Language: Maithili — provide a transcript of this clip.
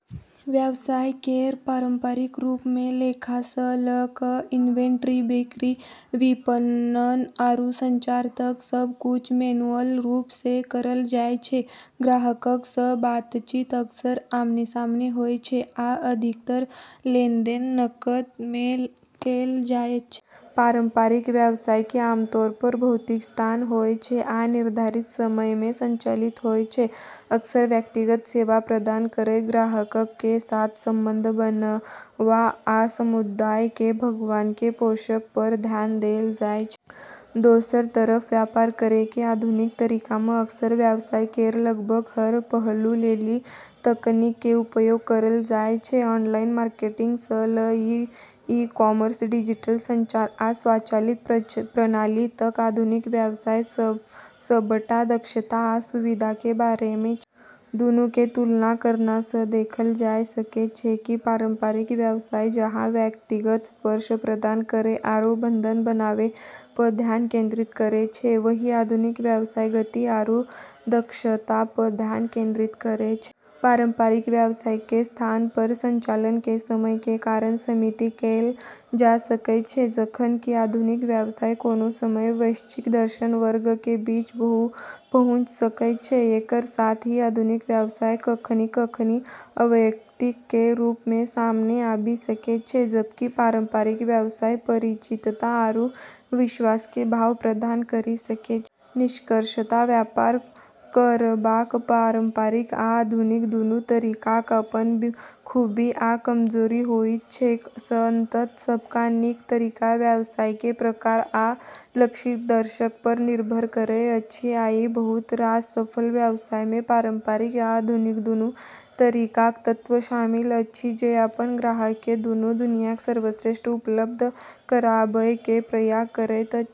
व्यवसाय केरऽ पारंपरिक रूप म॑ लेखा स॑ ल॑ क॑ इन्वेंट्री, बिक्री, विपणन, आरू संचार तक सब कुछ मैन्युअल रूप स॑ करलऽ जाय छै। ग्राहकक सं बातचीत अक्सर आमने-सामने होयत छै, आ अधिकतर लेनदेन नकद मे कैल जायत छै. पारंपरिक व्यवसायक कें आमतौर पर भौतिक स्थान होयत छै आ निर्धारित समय मे संचालित होयत छै. अक्सर व्यक्तिगत सेवा प्रदान करय, ग्राहकक कें साथ संबंध बनावा, आ समुदाय कें भावना कें पोषण पर ध्यान देल जायत छै. दोसरऽ तरफ व्यापार करै के आधुनिक तरीका म॑ अक्सर व्यवसाय केरऽ लगभग हर पहलू लेली तकनीक के उपयोग करलऽ जाय छै। ऑनलाइन मार्केटिंग सं ल क ई-कॉमर्स, डिजिटल संचार, आ स्वचालित प्रणाली तक, आधुनिक व्यवसाय सबटा दक्षता आ सुविधा कें बारे मे छै. दूनू के तुलना करला स॑ देखलऽ जाय सकै छै कि पारंपरिक व्यवसाय जहां व्यक्तिगत स्पर्श प्रदान करै आरू संबंध बनाबै प॑ ध्यान केंद्रित करै छै, वहीं आधुनिक व्यवसाय गति आरू दक्षता प॑ ध्यान केंद्रित करै छै। पारंपरिक व्यवसायक कें स्थान आ संचालन कें समय कें कारण सीमित कैल जा सकय छै, जखन कि आधुनिक व्यवसाय कोनों समय वैश्विक दर्शक वर्ग कें बीच पहुंच सकय छै. एकरऽ साथ ही आधुनिक व्यवसाय कखनी-कखनी अवैयक्तिक के रूप म॑ सामने आबी सकै छै, जबकि पारंपरिक व्यवसाय परिचितता आरू विश्वास के भाव प्रदान करी सकै छै। निष्कर्षतः व्यापार करबाक पारंपरिक आ आधुनिक दुनू तरीकाक अपन खूबी आ कमजोरी होइत छैक। अंततः, सबस नीक तरीका व्यवसाय के प्रकार आ लक्षित दर्शक पर निर्भर करैत अछि। आइ बहुत रास सफल व्यवसाय मे पारंपरिक आ आधुनिक दुनू तरीकाक तत्व शामिल अछि, जे अपन ग्राहक केँ दुनू दुनियाक सर्वश्रेष्ठ उपलब्ध कराबय के प्रयास करैत अछि.